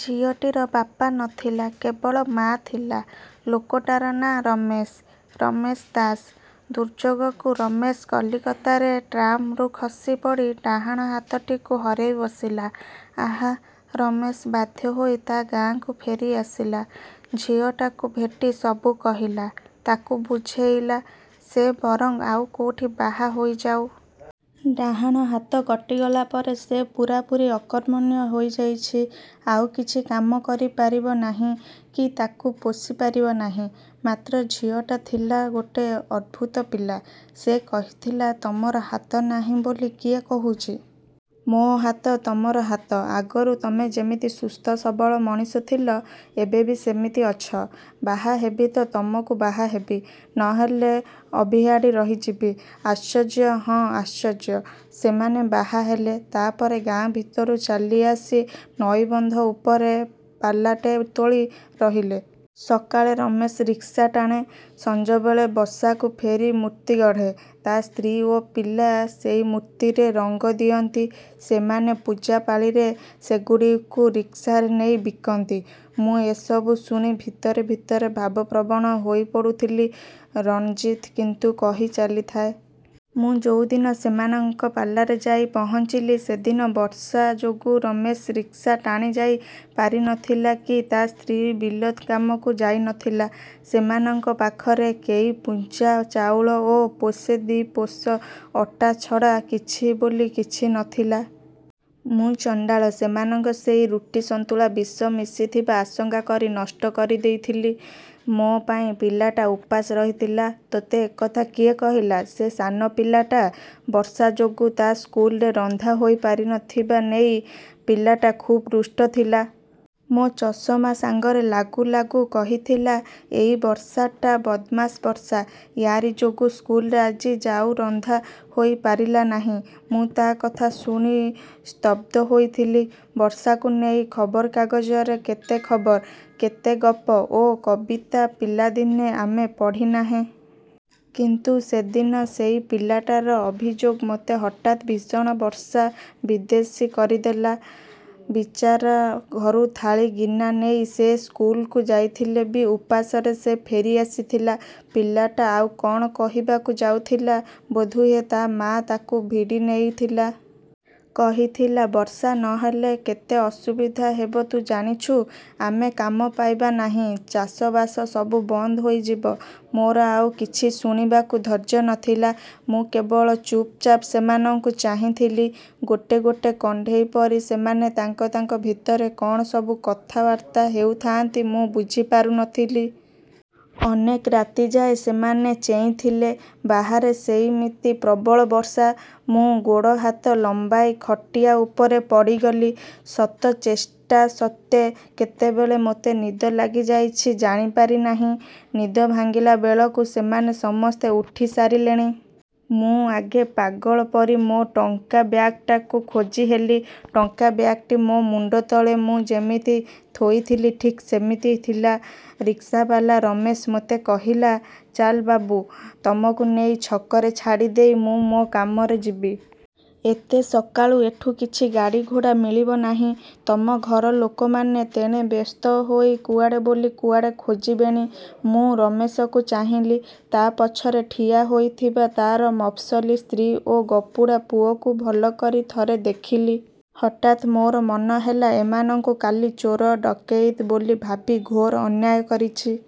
ଝିଅଟିର ବାପା ନଥିଲା। କେବଳ ମା' ଥିଲା। ଲୋକଟାର ନାଁ ରମେଶ, ରମେଶ ଦାସ। ଦୁର୍ଯୋଗକୁ ରମେଶ କଲିକତାରେ ଟ୍ରାମ୍‌ରୁ ଖସି ପଡ଼ି ଡାହାଣ ହାତଟିକୁ ହରେଇ ବସିଲା। ଆହା! ରମେଶ ବାଧ୍ୟ ହୋଇ ତା' ଗାଁକୁ ଫେରି ଆସିଲା। ଝିଅଟାକୁ ଭେଟି ସବୁ କହିଲା, ତାକୁ ବୁଝେଇଲା, ସେ ବରଂ ଆଉ କୋଉଠି ବାହା ହୋଇଯାଉ। ଡାହାଣ ହାତ କଟିଗଲା ପରେ ସେ ପୂରାପୂରି ଅକର୍ମଣ୍ୟ ହୋଇଯାଇଛି, ଆଉ କିଛି କାମ କରି ପାରିବ ନାହିଁ କି ତାକୁ ପୋଷି ପାରିବ ନାହିଁ। ମାତ୍ର ଝିଅଟା ଥିଲା ଗୋଟେ ଅଦ୍ଭୁତ ପିଲା। ସେ କହିଥିଲା, "ତମର ହାତ ନାହିଁ ବୋଲି କିଏ କହୁଛି? ମୋ ହାତ ତମର ହାତ। ଆଗରୁ ତମେ ଯେମିତି ସୁସ୍ଥ-ସବଳ ମଣିଷ ଥିଲ, ଏବେ ବି ସେମିତି ଅଛ। ବାହା ହେବି ତ ତମକୁ ବାହା ହେବି, ନ ହେଲେ ଅଭିଆଡ଼ୀ ରହିଯିବି।" ଆଶ୍ଚର୍ଯ୍ୟ! ହଁ, ଆଶ୍ଚର୍ଯ୍ୟ! ସେମାନେ ବାହା ହେଲେ। ତା' ପରେ ଗାଁ ଭିତରୁ ଚାଲି ଆସି ନଈବନ୍ଧ ଉପରେ ପାଲାଟେ ତୋଳି ରହିଲେ। ସକାଳେ ରମେଶ ରିକ୍ସା ଟାଣେ, ସଞ୍ଜବେଳେ ବସାକୁ ଫେରି ମୂର୍ତ୍ତି ଗଢ଼େ। ତା' ସ୍ତ୍ରୀ ଓ ପିଲା ସେଇ ମୂର୍ତ୍ତିରେ ରଙ୍ଗ ଦିଅନ୍ତି। ସେମାନେ ପୂଜାପାଳିରେ ସେଗୁଡ଼ିକୁ ରିକ୍ସାରେ ନେଇ ବିକନ୍ତି। ମୁଁ ଏସବୁ ଶୁଣି ଭିତରେ ଭିତରେ ଭାବପ୍ରବଣ ହୋଇ ପଡ଼ୁଥିଲି। ରଣଜିତ୍ କିନ୍ତୁ କହି ଚାଲିଥାଏ। "ମୁଁ ଯୋଉଦିନ ସେମାନଙ୍କ ପାଲାରେ ଯାଇ ପହଞ୍ଚିଲି, ସେଦିନ ବର୍ଷା ଯୋଗୁ ରମେଶ ରିକ୍ସା ଟାଣି ଯାଇ ପାରି ନଥିଲା କି ତା' ସ୍ତ୍ରୀ ବିଲ କାମକୁ ଯାଇ ନଥିଲା। ସେମାନଙ୍କ ପାଖରେ କେଇ ପୁଞ୍ଜା ଚାଉଳ ଓ ପୋଷେ ଦି' ପୋଷ ଅଟା ଛଡ଼ା କିଛି ବୋଲି କିଛି ନ ଥିଲା। ମୁଁ ଚଣ୍ଡାଳ ସେମାନଙ୍କ ସେଇ ରୁଟି ସନ୍ତୁଳା ବିଷ ମିଶିଥିବା ଆଶଙ୍କା କରି ନଷ୍ଟ କରି ଦେଇଥିଲି। ମୋ ପାଇଁ ପିଲାଟା ଉପାସ ରହିଥିଲା।" ତୋତେ ଏକଥା କିଏ କହିଲା? ସେ ସାନ ପିଲାଟା। ବର୍ଷା ଯୋଗୁଁ ତା' ସ୍କୁଲରେ ରନ୍ଧା ହୋଇ ପାରି ନ ଥିବା ନେଇ ପିଲାଟା ଖୁବ୍ ରୁଷ୍ଟ ଥିଲା। ମୋ ଚଷମା ସାଙ୍ଗରେ ଲାଗୁ ଲାଗୁ କହିଥିଲା, 'ଏଇ ବର୍ଷାଟା ବଦମାସ୍ ବର୍ଷା। ୟାରି ଯୋଗୁ ସ୍କୁଲରେ ଆଜି ଜାଉ ରନ୍ଧା ହୋଇ ପାରିଲା ନାହିଁ' ମୁଁ ତା' କଥା ଶୁଣି ସ୍ତବ୍ଧ ହୋଇଥିଲି। ବର୍ଷାକୁ ନେଇ ଖବରକାଗଜରେ କେତେ ଖବର, କେତେ ଗପ ଓ କବିତା ପିଲାଦିନେ ଆମେ ପଢ଼ିନାହେଁ! କିନ୍ତୁ ସେଦିନ ସେଇ ପିଲାଟାର ଅଭିଯୋଗ ମୋତେ ହଠାତ୍ ଭୀଷଣ ବର୍ଷା-ବିଦ୍ୱେଷୀ କରିଦେଲା। ବିଚାରା, ଘରୁ ଥାଳି ଗିନା ନେଇ ସେ ସ୍କୁଲକୁ ଯାଇଥିଲେ ବି ଉପାସରେ ସେ ଫେରି ଆସିଥିଲା। ପିଲାଟା ଆଉ କ'ଣ କହିବାକୁ ଯାଉଥିଲା ବୋଧହୁଏ ତା' ମାଆ ତାକୁ ଭିଡ଼ି ନେଇଥିଲା। କହିଥିଲା, "ବର୍ଷା ନହେଲେ କେତେ ଅସୁବିଧା ହେବ ତୁ ଜାଣିଛୁ? ଆମେ କାମ ପାଇବା ନାହିଁ। ଚାଷବାସ ସବୁ ବନ୍ଦ ହୋଇଯିବ " ମୋର ଆଉ କିଛି ଶୁଣିବାକୁ ଧୈର୍ଯ୍ୟ ନଥିଲା। ମୁଁ କେବଳ ଚୁପ୍‌ଚାପ୍ ସେମାନଙ୍କୁ ଚାହିଁଥିଲି। ଗୋଟେ ଗୋଟେ କଣ୍ଢେଇ ପରି ସେମାନେ ତାଙ୍କ ତାଙ୍କ ଭିତରେ କ'ଣ ସବୁ କଥାବାର୍ତ୍ତା ହେଉଥାନ୍ତି, ମୁଁ ବୁଝି ପାରୁ ନଥିଲି। ଅନେକ ରାତି ଯାଏ ସେମାନେ ଚେଇଁଥିଲେ। ବାହାରେ ସେଇମିତି ପ୍ରବଳ ବର୍ଷା। ମୁଁ ଗୋଡ଼ ହାତ ଲମ୍ବାଇ ଖଟିଆ ଉପରେ ପଡ଼ିଗଲି। ଶତ ଚେଷ୍ଟା ସତ୍ତ୍ୱେ କେତେବେଳେ ମୋତେ ନିଦ ଲାଗିଯାଇଛି ଜାଣି ପାରି ନାହିଁ। ନିଦ ଭାଙ୍ଗିଲା ବେଳକୁ ସେମାନେ ସମସ୍ତେ ଉଠି ସାରିଲେଣି। ମୁଁ ଆଗେ ପାଗଳ ପରି ମୋ ଟଙ୍କା ବ୍ୟାଗ୍‌ଟାକୁ ଖୋଜିହେଲି। ଟଙ୍କା ବ୍ୟାଗ୍‌ଟି ମୋ ମୁଣ୍ଡ ତଳେ ମୁଁ ଯେମିତି ଥୋଇଥିଲି ଠିକ୍ ସେମିତି ଥିଲା। ରିକ୍ସାବାଲା ରମେଶ ମୋତେ କହିଲା, "ଚାଲ ବାବୁ, ତମକୁ ନେଇ ଛକରେ ଛାଡ଼ି ଦେଇ ମୁଁ ମୋ କାମରେ ଯିବି। ଏତେ ସକାଳୁ ଏଠୁ କିଛି ଗାଡ଼ି ଘୋଡ଼ା ମିଳିବ ନାହିଁ। ତମ ଘର ଲୋକମାନେ ତେଣେ ବ୍ୟସ୍ତ ହୋଇ କୁଆଡ଼େ ବୋଲି କୁଆଡ଼େ ଖୋଜିବେଣି!" ମୁଁ ରମେଶକୁ ଚାହିଁଲି। ତା' ପଛରେ ଠିଆ ହୋଇଥିବା ତା'ର ମଫସଲୀ ସ୍ତ୍ରୀ ଓ ଗପୁଡ଼ା ପୁଅକୁ ଭଲ କରି ଥରେ ଦେଖିଲି। ହଠାତ୍ ମୋର ମନ ହେଲା, ଏମାନଙ୍କୁ କାଲି ଚୋର ଡକେଇତି ବୋଲି ଭାବି ଘୋର ଅନ୍ୟାୟ କରିଛି।